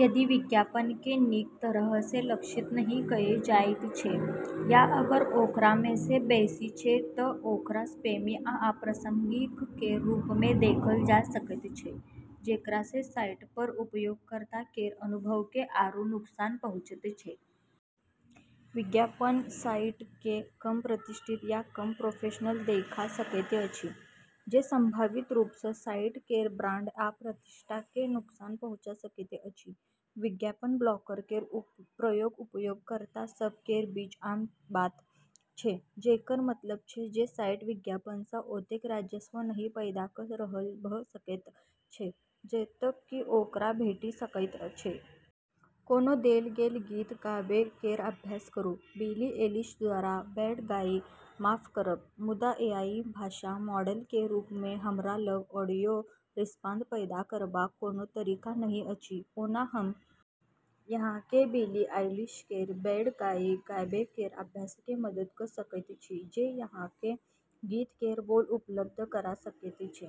यदि विज्ञापनकेँ नीक तरहसँ लक्षित नहि कएल जाइत छै या अगर ओकरामेसँ बेसी छै तऽ ओकरा स्पैमी या अप्रासंगिक केर रूपमे देखल जा सकैत छै, जेकरासँ साइटपर उपयोगकर्ता केर अनुभवकेँ आरू नुकसान पहुँचैत छै। विज्ञापन साइटकेँ कम प्रतिष्ठित या कम प्रोफेशनल देखा सकैत अछि, जे संभावित रूपसँ साइट केर ब्रांड या प्रतिष्ठाकेँ नुकसान पहुँचा सकैत अछि। विज्ञापन-ब्लॉकर केर प्रयोग उपयोगकर्ता सभ केर बीच आम बात छै, जेकर मतलब छै जे साइट विज्ञापनसँ ओतेक राजस्व नहि पैदा कऽ रहल भऽ सकैत छै जतेक कि ओकरा भेटि सकैत छै। कोनो देल गेल गीत गाबै केर अभ्यास करू। बिली एलिश द्वारा "बैड गाइ" माफ करब, मुदा एआई भाषा मॉडल केर रूपमे हमरा लग ऑडियो रिस्पांस पैदा करबाक कोनो तरीका नहि अछि। ओना, हम अहाँकेँ बिली आइलिश केर "बैड गाइ" गाबै केर अभ्यासमे मदद कऽ सकैत छी जे अहाँकेँ गीत केर बोल उपलब्ध करा सकैत छी: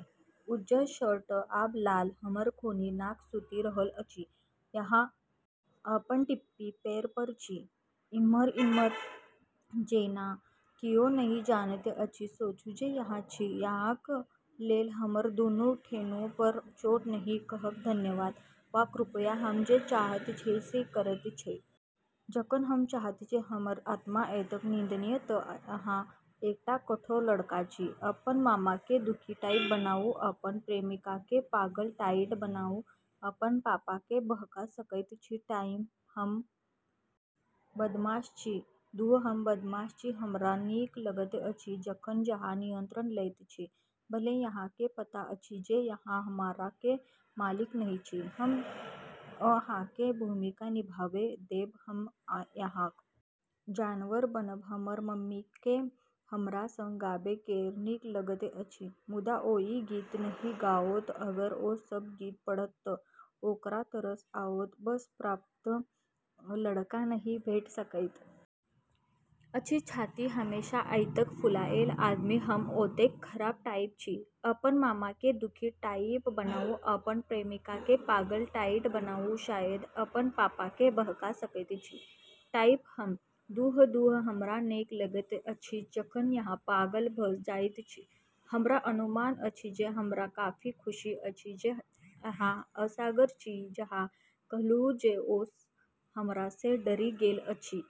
उज्जर शर्ट आब लाल, हमर खूनी नाक सुति रहल अछि, अहाँ अपन टिप्पी पैरपर छी ' इम्हर-उम्हर जेना कियो नहि जनैत अछि सोचू जे अहाँ छी अहाँक लेल हमर दुनू ठेहुनपर चोट नहि कहब धन्यवाद वा कृपया हम जे चाहैत छी से करैत छी जखन हम चाहैत छी हमर आत्मा एतेक निंदनीय तऽ अहाँ एकटा कठोर लड़का छी '' अपन मामाकेँ दुखी टाइप बनाउ अपन प्रेमिकाकेँ पागल टाइट बनाउ अपन पापाकेँ बहका सकैत छी टाइप हम बदमाश छी, दुह हम बदमाश छी हमरा नीक लगैत अछि जखन अहाँ नियंत्रण लैत छी भले अहाँकेँ पता अछि जे अहाँ हमरा के मालिक नहि छी, हम अहाँकेँ भूमिका निभाबै देब हम अहाँक जानवर बनब हमर मम्मीकेँ हमरा संग गाबै केर नीक लगैत अछि मुदा ओ ई गीत नहि गाओत अगर ओ सब गीत पढ़त तऽ ओकरा तरस आओत ' बस पर्याप्त लड़का नहि भेट सकैत अछि छाती हमेशा एतेक फुलाएल आदमी हम ओतेक खराब टाइप छी अपन मामाकेँ दुखी टाइप बनाउ अपन प्रेमिकाकेँ पागल टाइट बनाउ शायद अपन पापाकेँ बहका सकैत छी टाइप हम ', दुह ', दुह '', हमरा नीक लगैत अछि जखन अहाँ पागल भऽ जाइत छी हमरा अनुमान अछि जे हमरा काफी खुशी अछि जे अहाँ असगर छी अहाँ कहलहुँ जे ओ हमरासँ डरि गेल अछि?